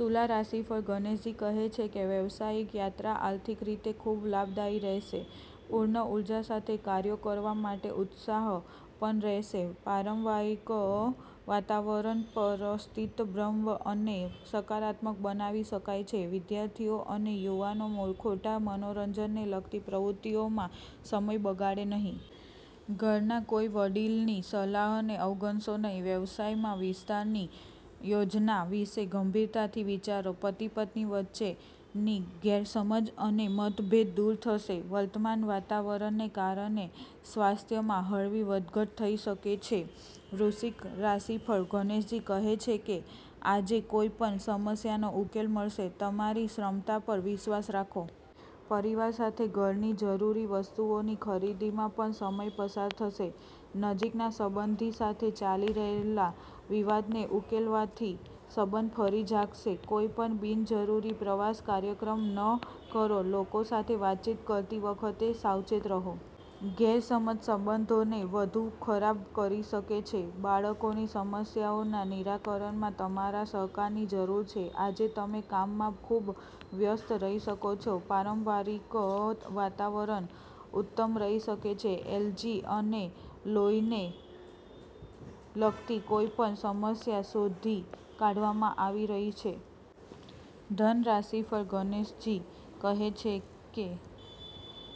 તુલા રાશિફળ ગણેશજી કહે છે કે વ્યવસાયિક યાત્રા આર્થિક રીતે ખૂબ લાભદાયી રહેશે. પૂર્ણ ઉર્જા સાથે કાર્યો કરવા માટે ઉત્સાહ પણ રહેશે. પારિવારિક વાતાવરણ પણ શિસ્તબદ્ધ અને સકારાત્મક બનાવી શકાય છે. વિદ્યાર્થીઓ અને યુવાનો ખોટા મનોરંજનને લગતી પ્રવૃત્તિઓમાં સમય બગાડે નહીં. ઘરના કોઈ વડીલની સલાહને અવગણશો નહીં. વ્યવસાયમાં વિસ્તારની યોજના વિશે ગંભીરતાથી વિચારો. પતિ-પત્ની વચ્ચેની ગેરસમજ અને મતભેદ દૂર થશે. વર્તમાન વાતાવરણને કારણે સ્વાસ્થ્યમાં હળવી વધઘટ થઈ શકે છે. વૃશ્ચિક રાશિફળ ગણેશજી કહે છે કે આજે કોઈપણ સમસ્યાનો ઉકેલ મળશે, તમારી ક્ષમતા પર વિશ્વાસ રાખો. પરિવાર સાથે ઘરની જરૂરી વસ્તુઓની ખરીદીમાં પણ સમય પસાર થશે. નજીકના સંબંધી સાથે ચાલી રહેલા વિવાદને ઉકેલવાથી સંબંધ ફરી જાગશે. કોઈપણ બિનજરૂરી પ્રવાસ કાર્યક્રમ ન કરો. લોકો સાથે વાતચીત કરતી વખતે સાવચેત રહો. ગેરસમજ સંબંધોને વધુ ખરાબ કરી શકે છે. બાળકોની સમસ્યાઓના નિરાકરણમાં તમારા સહકારની જરૂર છે. આજે તમે કામમાં ખૂબ વ્યસ્ત રહી શકો છો. પારિવારિક વાતાવરણ ઉત્તમ રહી શકે છે. એલર્જી અને લોહીને લગતી કોઈપણ સમસ્યા શોધી કાઢવામાં આવી રહી છે. ધન રાશિફળ ગણેશજી કહે છે કે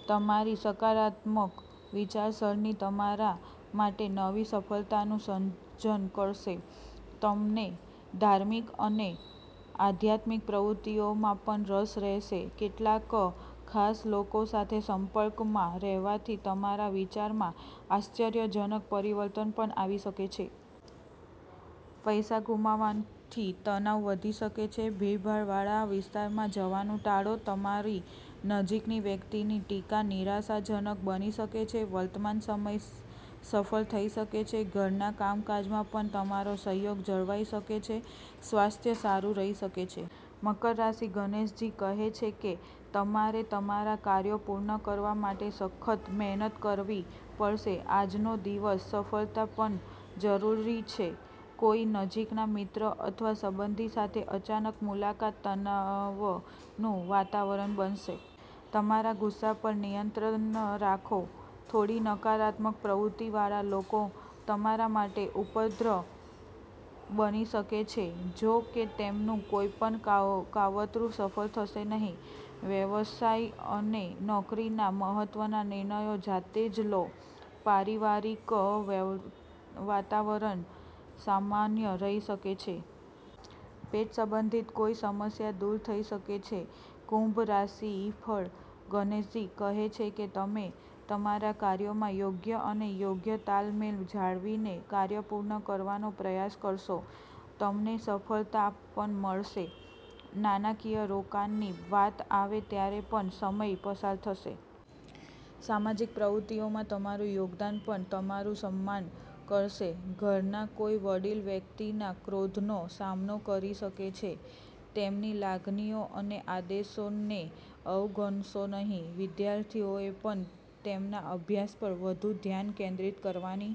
તમારી સકારાત્મક વિચારસરણી તમારા માટે નવી સફળતાનું સર્જન કરશે. તમને ધાર્મિક અને આધ્યાત્મિક પ્રવૃત્તિઓમાં પણ રસ રહેશે. કેટલાક ખાસ લોકો સાથે સંપર્કમાં રહેવાથી તમારા વિચારમાં આશ્ચર્યજનક પરિવર્તન પણ આવી શકે છે. પૈસા ગુમાવવાથી તણાવ વધી શકે છે. ભીડભાડવાળા વિસ્તારોમાં જવાનું ટાળો. તમારી નજીકની વ્યક્તિની ટીકા નિરાશાજનક બની શકે છે. વર્તમાન સમય સફળ થઈ શકે છે. ઘરના કામકાજમાં પણ તમારો સહયોગ જળવાઈ શકે છે. સ્વાસ્થ્ય સારું રહી શકે છે. મકર રાશિફળ ગણેશજી કહે છે કે તમારે તમારા કાર્યો પૂર્ણ કરવા માટે સખત મહેનત કરવી પડશે. આજનો દિવસ, સફળતા પણ જરૂરી છે. કોઈ નજીકના મિત્ર અથવા સંબંધી સાથે અચાનક મુલાકાત તણાવનું વાતાવરણ બનાવશે. તમારા ગુસ્સા પર નિયંત્રણ રાખો. થોડી નકારાત્મક પ્રવૃત્તિવાળા લોકો તમારા માટે ઉપદ્રવ બની શકે છે, જો કે તેમનું કોઈપણ કાવતરું સફળ થશે નહીં. વ્યવસાય અને નોકરીના મહત્વના નિર્ણયો જાતે જ લો. પારિવારિક વાતાવરણ સામાન્ય રહી શકે છે. પેટ સંબંધિત કોઈ સમસ્યા દૂર થઈ શકે છે. કુંભ રાશિફળ ગણેશજી કહે છે કે તમે તમારા કાર્યોમાં યોગ્ય અને યોગ્ય તાલમેલ જાળવીને કાર્ય પૂર્ણ કરવાનો પ્રયાસ કરશો. તમને સફળતા પણ મળશે. નાણાકીય રોકાણની વાત આવે ત્યારે પણ સમય પસાર થશે. સામાજિક પ્રવૃત્તિઓમાં તમારું યોગદાન પણ તમારું સન્માન કરશે. ઘરના કોઈ વડીલ વ્યક્તિના ક્રોધનો સામનો કરી શકે છે, તેમની લાગણીઓ અને આદેશોને અવગણશો નહીં. વિદ્યાર્થીઓએ પણ તેમના અભ્યાસ પર વધુ ધ્યાન કેન્દ્રિત કરવાની